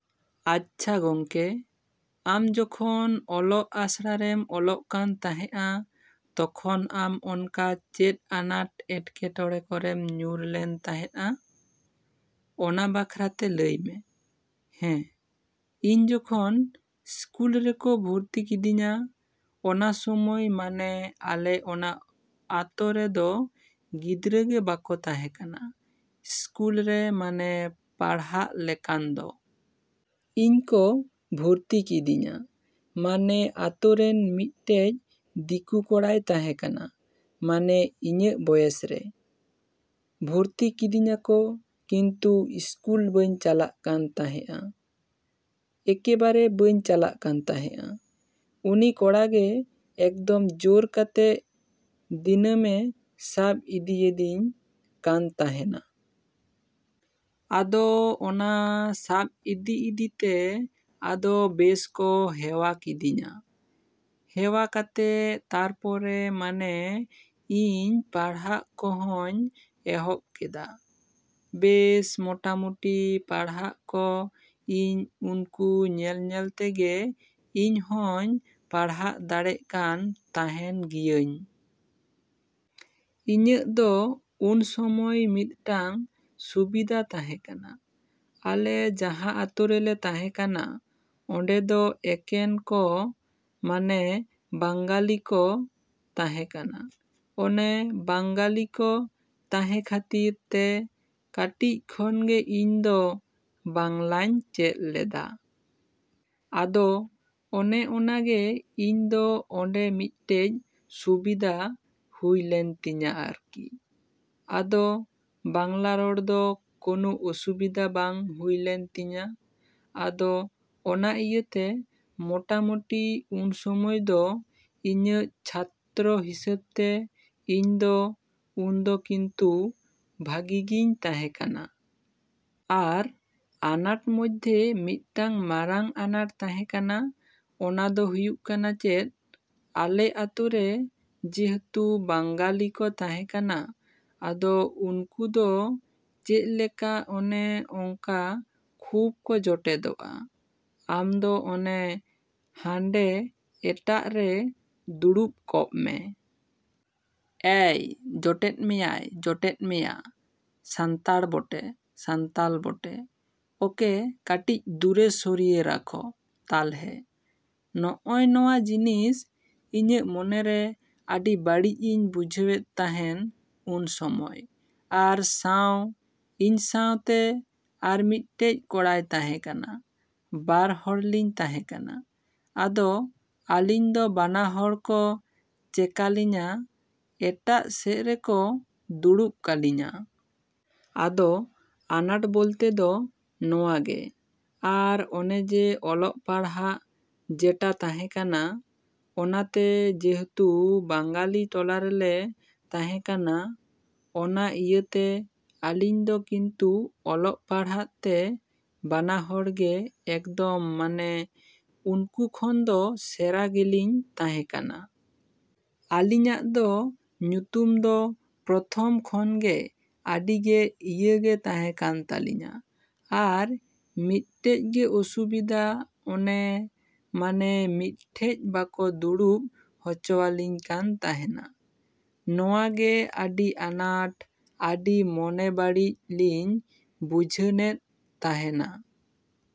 ᱟᱪᱪᱷᱟ ᱜᱚᱢᱠᱮ, ᱟᱢ ᱡᱚᱠᱷᱚᱱ ᱚᱞᱚᱜ ᱟᱥᱲᱟ ᱨᱮᱢ ᱚᱞᱚᱜ ᱠᱟᱱ ᱛᱟᱦᱮᱸᱜᱼᱟ, ᱛᱚᱠᱷᱚᱱ ᱟᱢ ᱚᱱᱠᱟ ᱪᱮᱫ ᱟᱱᱟᱴᱼᱮᱴᱠᱮᱴᱚᱬᱮ ᱠᱚᱨᱮᱢ ᱧᱩᱨ ᱞᱮᱱ ᱛᱟᱦᱮᱸᱜᱼᱟ? ᱚᱱᱟ ᱵᱟᱠᱷᱨᱟᱛᱮ ᱞᱟᱹᱭ ᱢᱮ᱾ ᱦᱮᱸ, ᱤᱧ ᱡᱚᱠᱷᱚᱱ ᱥᱠᱩᱞ ᱨᱮᱠᱚ ᱵᱷᱩᱨᱛᱤ ᱠᱤᱫᱤᱧᱟ, ᱚᱱᱟ ᱥᱚᱢᱚᱭ ᱢᱟᱱᱮ ᱟᱞᱮ ᱚᱱᱟ ᱟᱛᱚ ᱨᱮᱫᱚ ᱜᱤᱫᱽᱨᱟᱹ ᱜᱮ ᱵᱟᱠᱚ ᱛᱟᱦᱮᱸᱠᱟᱱᱟ ᱥᱠᱩᱞ ᱨᱮ ᱢᱟᱱᱮ ᱯᱟᱲᱦᱟᱜ ᱞᱮᱠᱟᱱ ᱫᱚ᱾ ᱤᱧ ᱠᱚ ᱵᱷᱩᱨᱛᱤ ᱠᱤᱫᱤᱧᱟ᱾ ᱢᱟᱱᱮ ᱟᱛᱳ ᱨᱮᱱ ᱢᱤᱫᱴᱮᱡ ᱫᱤᱠᱩ ᱠᱚᱲᱟᱭ ᱛᱟᱦᱮᱸᱠᱟᱱᱟ, ᱢᱟᱱᱮ ᱤᱧᱟᱹᱜ ᱵᱚᱭᱮᱥ ᱨᱮ᱾ ᱵᱷᱩᱨᱛᱤ ᱠᱤᱫᱤᱧᱟᱠᱚ ᱠᱤᱱᱛᱩ ᱥᱠᱩᱞ ᱵᱟᱹᱧ ᱪᱟᱞᱟᱜ ᱠᱟᱱ ᱛᱟᱦᱮᱸᱜᱼᱟ᱾ ᱮᱠᱮᱵᱟᱨᱮ ᱵᱟᱹᱧ ᱪᱟᱞᱟᱜ ᱠᱟᱱ ᱛᱟᱦᱮᱸᱜᱼᱟ, ᱩᱱᱤ ᱠᱚᱲᱟ ᱜᱮ ᱮᱠᱫᱚᱢ ᱡᱳᱨ ᱠᱟᱛᱮ ᱫᱤᱱᱟᱹᱢᱮ ᱥᱟᱵ ᱤᱫᱤᱭᱮᱫᱤᱧ ᱠᱟᱱ ᱛᱟᱦᱮᱱᱟ᱾ ᱟᱫᱚ ᱚᱱᱟ ᱥᱟᱵ ᱤᱫᱤᱼᱤᱫᱤ ᱛᱮ ᱟᱫᱚ ᱵᱮᱥ ᱠᱚ ᱦᱮᱣᱟ ᱠᱤᱫᱤᱧᱟ, ᱦᱮᱣᱟ ᱠᱟᱛᱮ ᱛᱟᱨᱯᱚᱨᱮ ᱢᱟᱱᱮ ᱤᱧ ᱯᱟᱲᱦᱟᱜ ᱠᱚᱦᱚᱧ ᱮᱦᱚᱵ ᱠᱮᱫᱟ᱾ ᱵᱮᱥ ᱢᱚᱴᱟᱢᱩᱴᱤ ᱯᱟᱲᱦᱟᱜ ᱠᱚ ᱤᱧ ᱩᱱᱠᱩ ᱧᱮᱞᱼᱧᱮᱞ ᱛᱮᱜᱮ ᱤᱧ ᱦᱚᱧ ᱯᱟᱲᱦᱟᱣ ᱫᱟᱲᱮᱜ ᱠᱟᱱ ᱛᱟᱦᱮᱱ ᱜᱤᱭᱟᱹᱧ᱾ ᱤᱧᱟᱹᱜ ᱫᱚ ᱩᱱ ᱥᱚᱢᱚᱭ ᱢᱤᱫᱴᱟᱝ ᱥᱩᱵᱤᱫᱟ ᱛᱟᱦᱮᱸᱠᱟᱱᱟ᱾ ᱟᱞᱮ ᱡᱟᱦᱟᱸ ᱟᱛᱳ ᱨᱮᱞᱮ ᱛᱟᱦᱮᱸᱠᱟᱱᱟ ᱚᱸᱰᱮ ᱫᱚ ᱮᱠᱮᱱ ᱠᱚ ᱢᱟᱱᱮ ᱵᱟᱝᱜᱟᱞᱤ ᱠᱚ ᱛᱟᱦᱮᱸ ᱠᱟᱱᱟ᱾ ᱚᱱᱮ ᱵᱟᱝᱜᱟᱞᱤ ᱠᱚ ᱛᱟᱦᱮᱸ ᱠᱷᱟᱹᱛᱤᱨ ᱛᱮ ᱠᱟᱹᱴᱤᱡ ᱠᱷᱚᱱ ᱜᱮ ᱤᱧ ᱫᱚ ᱵᱟᱝᱞᱟᱧ ᱪᱮᱫ ᱞᱮᱫᱟ᱾ ᱟᱫᱚ ᱚᱱᱮ ᱚᱱᱟ ᱜᱮ ᱤᱧ ᱫᱚ ᱚᱸᱰᱮ ᱢᱤᱫᱴᱮᱡ ᱥᱩᱵᱤᱫᱟ ᱦᱩᱭ ᱞᱮᱱ ᱛᱤᱧᱟᱹ ᱟᱨᱠᱤ᱾ ᱟᱫᱚ ᱵᱟᱝᱞᱟ ᱨᱚᱲ ᱫᱚ ᱠᱳᱱᱳ ᱚᱥᱩᱵᱤᱫᱟ ᱵᱟᱝ ᱦᱩᱭ ᱞᱮᱱ ᱛᱤᱧᱟᱹ᱾ ᱟᱫᱚ ᱚᱱᱟ ᱤᱭᱟᱹᱛᱮ ᱢᱩᱴᱟᱢᱩᱴᱤ ᱩᱱ ᱥᱚᱢᱚᱭ ᱫᱚ ᱤᱧᱟᱹᱜ ᱪᱷᱟᱛᱨᱚ ᱦᱤᱥᱟᱹᱵ ᱛᱮ ᱤᱧ ᱫᱚ ᱩᱱᱫᱚ ᱠᱤᱱᱛᱩ ᱵᱷᱟᱹᱜᱤ ᱜᱤᱧ ᱛᱟᱦᱮᱸᱠᱟᱱᱟ᱾ ᱟᱨ ᱟᱱᱟᱴ ᱢᱚᱫᱽᱫᱷᱮ ᱢᱤᱫᱴᱟᱝ ᱢᱟᱨᱟᱝ ᱟᱱᱟᱴ ᱛᱟᱦᱮᱸᱠᱟᱱᱟ, ᱚᱱᱟ ᱫᱚ ᱦᱩᱭᱩᱜ ᱠᱟᱱᱟ ᱪᱮᱫ, ᱟᱞᱮ ᱟᱛᱳ ᱨᱮ ᱡᱮᱦᱮᱛᱩ ᱵᱟᱝᱜᱟᱞᱤ ᱠᱚ ᱛᱟᱦᱮᱸᱠᱟᱱᱟ᱾ ᱟᱫᱚ ᱩᱱᱠᱩ ᱫᱚ ᱪᱮᱫᱞᱮᱠᱟ ᱚᱱᱮ ᱚᱝᱠᱟ ᱠᱷᱩᱵ ᱠᱚ ᱡᱚᱴᱮᱫᱚᱜᱼᱟ᱾ ᱟᱢ ᱫᱚ ᱚᱱᱮ ᱦᱟᱱᱰᱮ ᱮᱴᱟᱜ ᱨᱮ ᱫᱩᱲᱩᱵ ᱠᱚᱜ ᱢᱮ᱾ ᱮᱭ ᱡᱚᱴᱮᱫ ᱢᱮᱭᱟᱼᱮᱭ ᱡᱚᱴᱮᱫ ᱢᱮᱭᱟ, ᱥᱟᱱᱛᱟᱲ ᱵᱚᱴᱮᱼᱥᱟᱱᱛᱟᱞ ᱵᱚᱴᱮ ᱚᱠᱮ ᱠᱟᱴᱤᱡ ᱫᱩᱨᱮ ᱥᱚᱨᱤᱭᱮ ᱨᱟᱠᱷᱚ ᱛᱟᱞᱦᱮ᱾ ᱱᱚᱜᱼᱚᱭ ᱱᱚᱣᱟ ᱡᱤᱱᱤᱥ ᱤᱧᱟᱹᱜ ᱢᱚᱱᱮ ᱨᱮ ᱟᱹᱰᱤ ᱵᱟᱹᱲᱤᱡ ᱤᱧ ᱵᱩᱡᱷᱟᱹᱣᱮᱫ ᱛᱟᱦᱮᱸᱱ ᱩᱱ ᱥᱚᱢᱚᱭ᱾ ᱟᱨ ᱥᱟᱶ, ᱤᱧ ᱥᱟᱶᱛᱮ ᱟᱨ ᱢᱤᱫᱴᱮᱡ ᱠᱚᱲᱟᱭ ᱛᱟᱦᱮᱸᱠᱟᱱᱟ, ᱵᱟᱨ ᱦᱚᱲ ᱞᱤᱧ ᱛᱟᱦᱮᱸᱠᱟᱱᱟ, ᱟᱫᱚ ᱟᱞᱤᱧ ᱫᱚ ᱵᱟᱱᱟ ᱦᱚᱲ ᱠᱚ ᱪᱮᱠᱟᱞᱤᱧᱟ ᱮᱴᱟᱜ ᱥᱮᱡ ᱨᱮᱠᱚ ᱫᱩᱲᱩᱵ ᱠᱟᱞᱤᱧᱟᱹ᱾ ᱟᱫᱚ ᱟᱱᱟᱴ ᱵᱚᱞᱛᱮ ᱫᱚ ᱱᱚᱣᱟ ᱜᱮ ᱟᱨ ᱟᱱᱮ ᱡᱮ ᱚᱞᱚᱜ ᱯᱟᱲᱦᱟᱜ ᱡᱮᱴᱟ ᱛᱟᱦᱮᱸ ᱠᱟᱱᱟ, ᱚᱱᱟᱛᱮ ᱡᱮᱦᱮᱛᱩ ᱵᱟᱝᱜᱟᱞᱤ ᱴᱚᱞᱟ ᱨᱮᱞᱮ ᱛᱟᱦᱮᱸᱠᱟᱱᱟ ᱟᱫᱚ ᱚᱱᱟ ᱤᱭᱟᱹ ᱛᱮ ᱟᱞᱤᱧ ᱫᱚ ᱠᱤᱱᱛᱩ ᱚᱞᱚᱜ ᱯᱟᱲᱦᱟᱜ ᱛᱮ ᱵᱟᱱᱟ ᱦᱚᱲ ᱜᱮ ᱮᱠᱫᱚᱢ ᱢᱟᱱᱮ ᱩᱱᱠᱩ ᱠᱷᱚᱱ ᱫᱚ ᱥᱮᱨᱟ ᱜᱮᱞᱤᱧ ᱛᱟᱦᱮᱸᱠᱟᱱᱟ᱾ ᱟᱞᱤᱧᱟᱜ ᱫᱚ ᱧᱩᱛᱩᱢ ᱫᱚ ᱯᱨᱚᱛᱷᱚᱢ ᱠᱷᱚᱱ ᱜᱮ ᱟᱹᱰᱤ ᱜᱮ ᱤᱭᱟᱹ ᱜᱮ ᱛᱟᱦᱮᱸ ᱠᱟᱱ ᱛᱟᱞᱤᱧᱟᱹ ᱟᱨ ᱢᱤᱫᱴᱮᱡ ᱜᱮ ᱚᱥᱩᱵᱤᱫᱟ ᱚᱱᱮ ᱢᱟᱱᱮ ᱢᱤᱫᱴᱷᱮᱡ ᱵᱟᱠᱚ ᱫᱩᱲᱩᱵ ᱦᱚᱪᱚᱣᱟᱞᱤᱧ ᱠᱟᱱ ᱛᱟᱦᱮᱱᱟ᱾ ᱱᱚᱣᱟ ᱜᱮ ᱟᱹᱰᱤ ᱟᱱᱟᱴ ᱟᱹᱰᱤ ᱢᱚᱱᱮ ᱵᱟᱹᱲᱤᱡ ᱞᱤᱧ ᱵᱩᱡᱷᱟᱹᱱᱮᱫ ᱛᱟᱦᱮᱱᱟ᱾